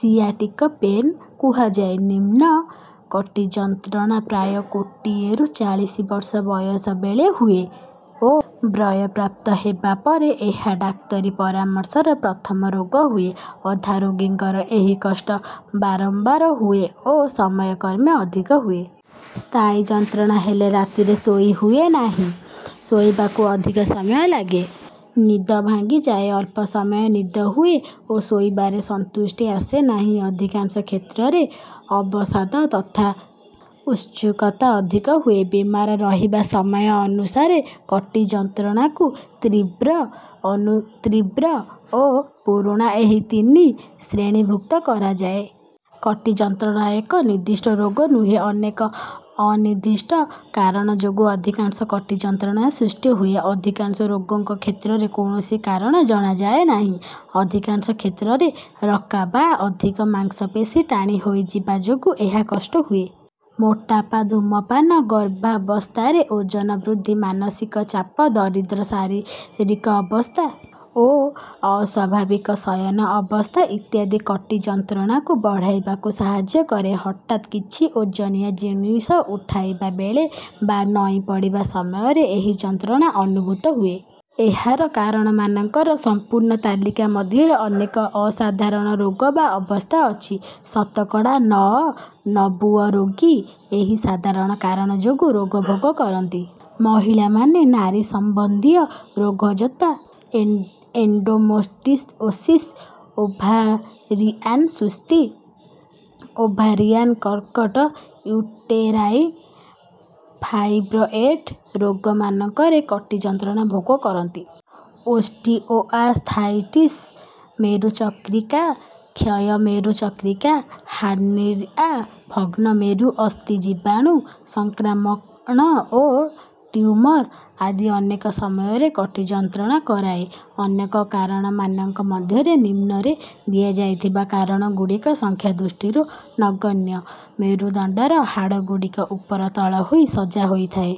Sciatic pain କୁହାଯାଏ। ନିମ୍ନ କଟି ଯନ୍ତ୍ରଣା ପ୍ରାୟ କୋଟି ଏରୁ ଚାଳିଶ ବର୍ଷ ବୟସ ବେଳେ ହୁଏ ଓ ବୟଃପ୍ରାପ୍ତ ହେବା ପରେ ଏହା ଡାକ୍ତରୀ ପରାମର୍ଶର ପ୍ରଥମ ରୋଗ ହୁଏ। ଅଧା ରୋଗୀଙ୍କର ଏହି କଷ୍ଟ ବାରମ୍ବାର ହୁଏ ଓ ସମୟକ୍ରମେ ଅଧିକ ହୁଏ। ସ୍ଥାୟୀ ଯନ୍ତ୍ରଣା ହେଲେ ରାତିରେ ଶୋଇ ହୁଏ ନାହିଁ ଶୋଇବାକୁ ଅଧିକ ସମୟ ଲାଗେ ନିଦ ଭାଙ୍ଗିଯାଏ ଅଳ୍ପ ସମୟ ନିଦ ହୁଏ ଓ ଶୋଇବାରେ ସନ୍ତୁଷ୍ଟି ଆସେ ନାହିଁ। ଅଧିକାଂଶ କ୍ଷେତ୍ରରେ ଅବସାଦ ତଥା ଉତ୍ସୁକତା ଅଧିକ ହୁଏ। ବେମାର ରହିବା ସମୟ ଅନୁସାରେ କଟି ଯନ୍ତ୍ରଣାକୁ ତୀବ୍ର ଅନୁତୀବ୍ର ଓ ପୁରୁଣା ଏହି ତିନି ଶ୍ରେଣୀଭୁକ୍ତ କରାଯାଏ। କଟି ଯନ୍ତ୍ରଣା ଏକ ନିର୍ଦ୍ଦିଷ୍ଟ ରୋଗ ନୁହେଁ ଅନେକ ଅନିର୍ଦ୍ଦିଷ୍ଟ କାରଣ ଯୋଗୁଁ ଅଧିକାଂଶ କଟି ଯନ୍ତ୍ରଣା ସୃଷ୍ଟି ହୁଏ। ଅଧିକାଂଶ ରୋଗଙ୍କ କ୍ଷେତ୍ରରେ କୌଣସି କାରଣ ଜଣାଯାଏ ନାହିଁ। ଅଧିକାଂଶ କ୍ଷେତ୍ରରେ ରକା ବା ଅଧିକ ମାଂସପେଶୀ ଟାଣି ହୋଇଯିବା ଯୋଗୁଁ ଏହା କଷ୍ଟ ହୁଏ। ମୋଟାପା ଧୂମପାନ ଗର୍ଭାବସ୍ଥାରେ ଓଜନ ବୃଦ୍ଧି ମାନସିକ ଚାପ ଦରିଦ୍ର ଶାରୀରିକ ଅବସ୍ଥା ଓ ଅସ୍ୱାଭାବିକ ଶୟନ ଅବସ୍ଥା ଇତ୍ୟାଦି କଟି ଯନ୍ତ୍ରଣାକୁ ବଢ଼ାଇବାକୁ ସାହାଯ୍ୟ କରେ। ହଠାତ୍ କିଛି ଓଜନିଆ ଜିନିଷ ଉଠାଇବା ବେଳେ ବା ନଇଁ ପଡ଼ିବା ସମୟରେ ଏହି ଯନ୍ତ୍ରଣା ଅନୁଭୂତ ହୁଏ। ଏହାର କାରଣମାନଙ୍କର ସମ୍ପୂର୍ଣ୍ଣ ତାଲିକା ମଧ୍ୟରେ ଅନେକ ଅସାଧାରଣ ରୋଗ ବା ଅବସ୍ଥା ଅଛି। ଶତକଡ଼ା ନଅ ନବୁଅ ରୋଗୀ ଏହି ସାଧାରଣ କାରଣ ଯୋଗୁଁ ରୋଗ ଭୋଗ କରନ୍ତି। ମହିଳାମାନେ ନାରୀ ସମ୍ବନ୍ଧୀୟ ରୋଗ ଯଥା ଏଣ୍ଡୋମେଟ୍ରିଓସିସ ଓଭାରିଆନ ସିଷ୍ଟ ଓଭାରିଆନ କର୍କଟ ୟୁଟେରାଇନ ଫାଇବ୍ରଏଡ ରୋଗମାନଙ୍କରେ କଟି ଯନ୍ତ୍ରଣା ଭୋଗ କରନ୍ତି। ଓଷ୍ଟିଓଆର୍ଥ୍ରାଇଟିସ ମେରୁ ଚକ୍ରିକା କ୍ଷୟ ମେରୁ ଚକ୍ରିକା ହାର୍ନିଆ ଭଗ୍ନ ମେରୁ ଅସ୍ଥି ଜୀବାଣୁ ସଂକ୍ରମଣ ଓ ଟ୍ୟୁମର ଆଦି ଅନେକ ସମୟରେ କଟି ଯନ୍ତ୍ରଣା କରାଏ। ଅନେକ କାରଣମାନଙ୍କ ମଧ୍ୟରେ ନିମ୍ନରେ ଦିଆଯାଇଥିବା କାରଣଗୁଡ଼ିକ ସଂଖ୍ୟା ଦୃଷ୍ଟିରୁ ନଗଣ୍ୟ। ମେରୁଦଣ୍ଡର ହାଡ଼ଗୁଡ଼ିକ ଉପର ତଳ ହୋଇ ସଜା ହୋଇଥାଏ।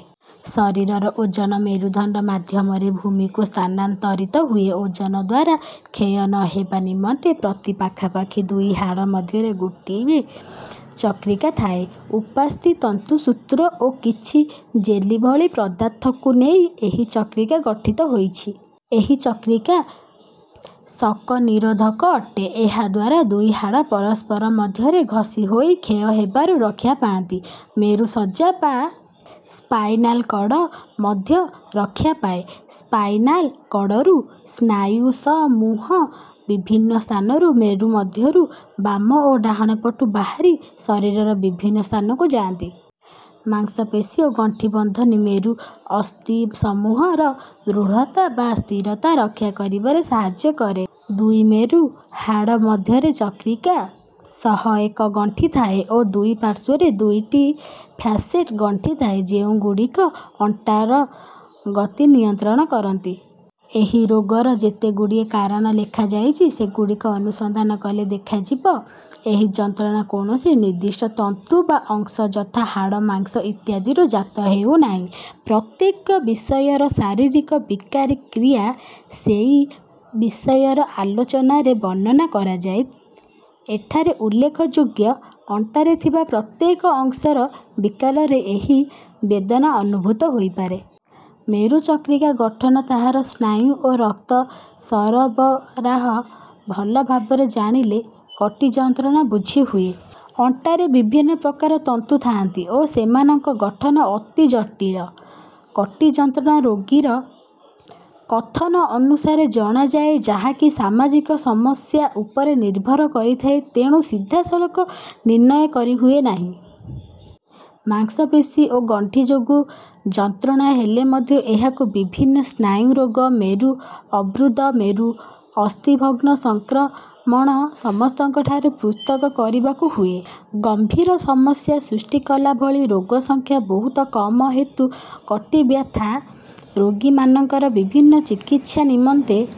ଶରୀରର ଓଜନ ମେରୁଦଣ୍ଡ ମାଧ୍ୟମରେ ଭୂମିକୁ ସ୍ଥାନାନ୍ତରିତ ହୁଏ। ଓଜନ ଦ୍ୱାରା କ୍ଷୟ ନ ହେବା ନିମନ୍ତେ ପ୍ରତି ପାଖାପାଖି ଦୁଇ ହାଡ଼ ମଧ୍ୟରେ ଗୋଟିଏ ଚକ୍ରିକା ଥାଏ। ଉପାସ୍ଥି ତନ୍ତୁସୂତ୍ର ଓ କିଛି ଜେଲି ଭଳି ପଦାର୍ଥକୁ ନେଇ ଏହି ଚକ୍ରିକା ଗଠିତ ହୋଇଛି। ଏହି ଚକ୍ରିକା ଷକ ନିରୋଧକ ଅଟେ। ଏହା ଦ୍ୱାରା ଦୁଇ ହାଡ଼ ପରସ୍ପର ମଧ୍ୟରେ ଘଷି ହୋଇ କ୍ଷୟ ହେବାରୁ ରକ୍ଷା ପାଆନ୍ତି। ମେରୁ ମଜ୍ଜା ବା ସ୍ପାଇନାଲ କଡ଼ ମଧ୍ୟ ରକ୍ଷା ପାଏ। ସ୍ପାଇନାଲ କଡ଼ରୁ ସ୍ନାୟୁସମୂହ ବିଭିନ୍ନ ସ୍ଥାନରୁ ମେରୁ ମଧ୍ୟରୁ ବାମ ଓ ଡାହାଣ ପଟୁ ବାହାରି ଶରୀରର ବିଭିନ୍ନ ସ୍ଥାନକୁ ଯାଆନ୍ତି। ମାଂସପେଶୀ ଓ ଗଣ୍ଠି ବନ୍ଧନୀ ମେରୁ ଅସ୍ଥିସମୂହର ଦୃଢ଼ତା ବା ସ୍ଥିରତା ରକ୍ଷା କରିବାରେ ସାହାଯ୍ୟ କରେ। ଦୁଇ ମେରୁ ହାଡ଼ ମଧ୍ୟରେ ଚକ୍ରିକା ସହ ଏକ ଗଣ୍ଠି ଥାଏ ଓ ଦୁଇ ପାର୍ଶ୍ୱରେ ଦୁଇଟି ଫ୍ୟାସେଟ ଗଣ୍ଠି ଥାଏ ଯେଉଁଗୁଡ଼ିକ ଅଣ୍ଟାର ଗତି ନିୟନ୍ତ୍ରଣ କରନ୍ତି। ଏହି ରୋଗର ଯେତେଗୁଡ଼ିଏ କାରଣ ଲେଖାଯାଇଛି ସେଗୁଡ଼ିକ ଅନୁଧ୍ୟାନ କଲେ ଦେଖାଯିବ ଏହି ଯନ୍ତ୍ରଣା କୌଣସି ନିର୍ଦ୍ଦିଷ୍ଟ ତନ୍ତୁ ବା ଅଂଶ ଯଥା ହାଡ଼ ମାଂସ ଇତ୍ୟାଦିରୁ ଜାତ ହେଉନାହିଁ। ପ୍ରତ୍ୟେକ ବିଷୟର ଶାରୀରିକ ବିକାରୀ କ୍ରିୟା ସେହି ବିଷୟର ଆଲୋଚନାରେ ବର୍ଣ୍ଣନା କରାଯାଏ। ଏଠାରେ ଉଲ୍ଲେଖଯୋଗ୍ୟ ଅଣ୍ଟାରେ ଥିବା ପ୍ରତ୍ୟେକ ଅଂଶର ବିକାରରେ ଏହି ବେଦନା ଅନୁଭୂତ ହୋଇପାରେ। ମେରୁ ଚକ୍ରିକା ଗଠନ ତାହାର ସ୍ନାୟୁ ଓ ରକ୍ତ ସରବରାହ ଭଲ ଭାବରେ ଜାଣିଲେ କଟି ଯନ୍ତ୍ରଣା ବୁଝିହୁଏ। ଅଣ୍ଟାରେ ବିଭିନ୍ନ ପ୍ରକାର ତନ୍ତୁ ଥାଆନ୍ତି ଓ ସେମାନଙ୍କ ଗଠନ ଅତି ଜଟିଳ। କଟି ଯନ୍ତ୍ରଣା ରୋଗୀର କଥନ ଅନୁସାରେ ଜଣାଯାଏ ଯାହାକି ସାମାଜିକ ସମସ୍ୟା ଉପରେ ନିର୍ଭର କରିଥାଏ ତେଣୁ ସିଧାସଳଖ ନିର୍ଣ୍ଣୟ କରିହୁଏ ନାହିଁ। ମାଂସପେଶୀ ଓ ଗଣ୍ଠି ଯୋଗୁଁ ଯନ୍ତ୍ରଣା ହେଲେ ମଧ୍ୟ ଏହାକୁ ବିଭିନ୍ନ ସ୍ନାୟୁ ରୋଗ ମେରୁ ଅର୍ବୁଦ ମେରୁ ଅସ୍ଥିଭଗ୍ନ ସଂକ୍ରମଣ ସମସ୍ତଙ୍କଠାରୁ ପୃଥକ କରିବାକୁ ହୁଏ। ଗମ୍ଭୀର ସମସ୍ୟା ସୃଷ୍ଟି କଲା ଭଳି ରୋଗ ସଂଖ୍ୟା ବହୁତ କମ ହେତୁ କଟି ବ୍ୟଥା ରୋଗୀମାନଙ୍କର ବିଭିନ୍ନ ଚିକିତ୍ସା ନିମନ୍ତେ